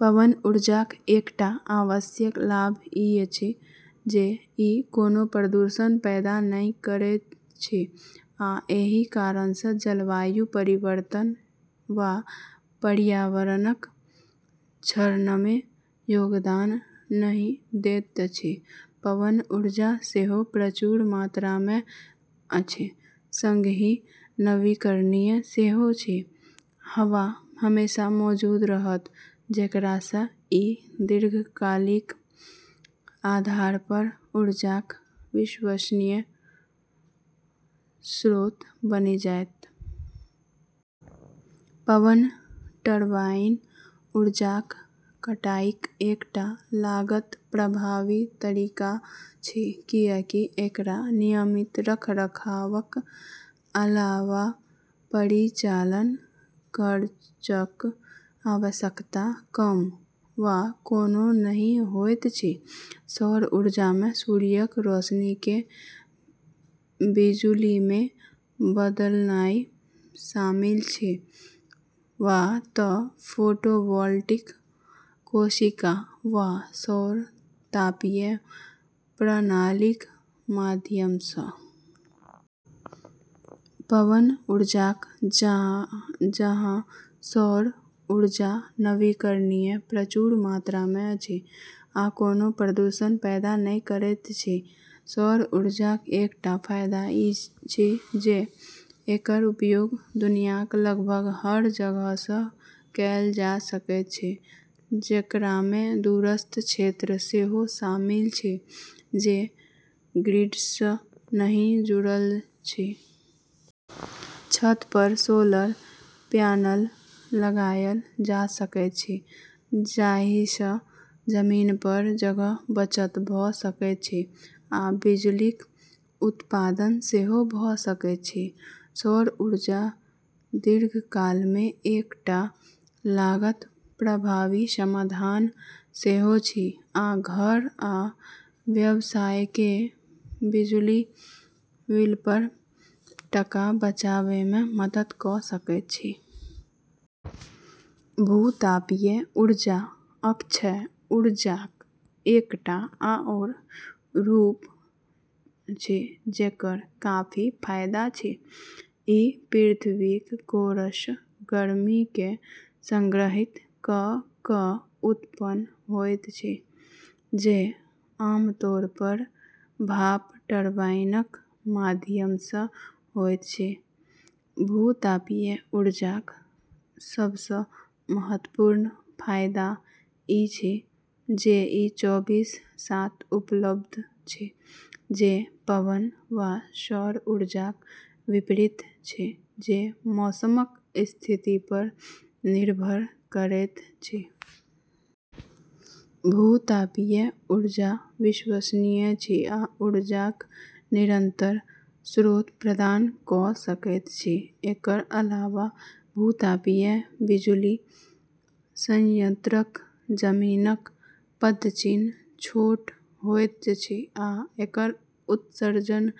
पवन ऊर्जाक एकटा आवश्यक लाभ ई अछि जे ई कोनो प्रदूषण पैदा नहि करैत अछि आ एहि कारणसँ जलवायु परिवर्तन वा पर्यावरणक क्षरणमे योगदान नहि दैत अछि। पवन ऊर्जा सेहो प्रचुर मात्रामे अछि सँगही नवीकरणीय सेहो अछि; हवा हमेशा मौजूद रहत, जेकरासँ ई दीर्घकालिक आधारपर ऊर्जाक विश्वसनीय स्रोत बनि जायत। पवन टरबाइन ऊर्जाक कटाईक एकटा लागत प्रभावी तरीका अछि, किएकि एकरा नियमित रखरखावक अलावा परिचालन खर्चक आवश्यकता कम वा कोनो नहि होइत अछि। सौर ऊर्जामे सूर्यक रोशनीकेँ बिजुलीमे बदलनाइ शामिल अछि, वा तँ फोटोवोल्टिक कोशिका वा सौर तापीय प्रणालीक माध्यमसँ। पवन ऊर्जाक जकाँ सौर ऊर्जा नवीकरणीय, प्रचुर मात्रामे अछि आ कोनो प्रदूषण पैदा नहि करैत अछि। सौर ऊर्जाक एकटा फायदा ई अछि जे एकर उपयोग दुनियाक लगभग हर जगहसँ कएल जा सकैत अछि, जेकरामे दूरस्थ क्षेत्र सेहो शामिल अछि जे ग्रिडसँ नहि जुड़ल अछि। छतपर सोलर प्यानल लगायल जा सकैत अछि, जाहिसँ जमीनपर जगहक बचत भऽ सकैत अछि आ बिजुलीक उत्पादन सेहो भऽ सकैत अछि। सौर ऊर्जा दीर्घकालमे एकटा लागत प्रभावी समाधान सेहो अछि आ घर आ व्यवसायकेँ बिजुली बिलपर टका बचाबैमे मदद कऽ सकैत अछि। भू-तापीय ऊर्जा अक्षय ऊर्जाक एकटा आओर रूप अछि जेकर काफी फायदा अछि। ई पृथ्वीक कोरसँ गर्मीकेँ सङ्ग्रहित कऽ कऽ उत्पन्न होइत अछि, जे आमतौरपर भाप टरबाइनक माध्यमसँ होइत अछि। भू-तापीय ऊर्जाक सबसँ महत्वपूर्ण फायदा ई अछि जे ई चौबीस/सात उपलब्ध अछि, जे पवन वा सौर ऊर्जाक विपरीत अछि, जे मौसमक स्थितिपर निर्भर करैत अछि। भू-तापीय ऊर्जा विश्वसनीय अछि आ ऊर्जाक निरन्तर स्रोत प्रदान कऽ सकैत अछि। एकर अलावा भू-तापीय बिजुली संयन्त्रक जमीनक पदचिह्न छोट होइत अछि आ एकर उत्सर्जन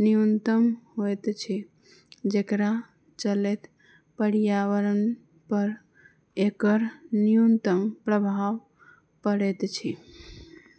न्यूनतम होइत अछि, जेकरा चलैत पर्यावरणपर एकर न्यूनतम प्रभाव पड़ैत अछि।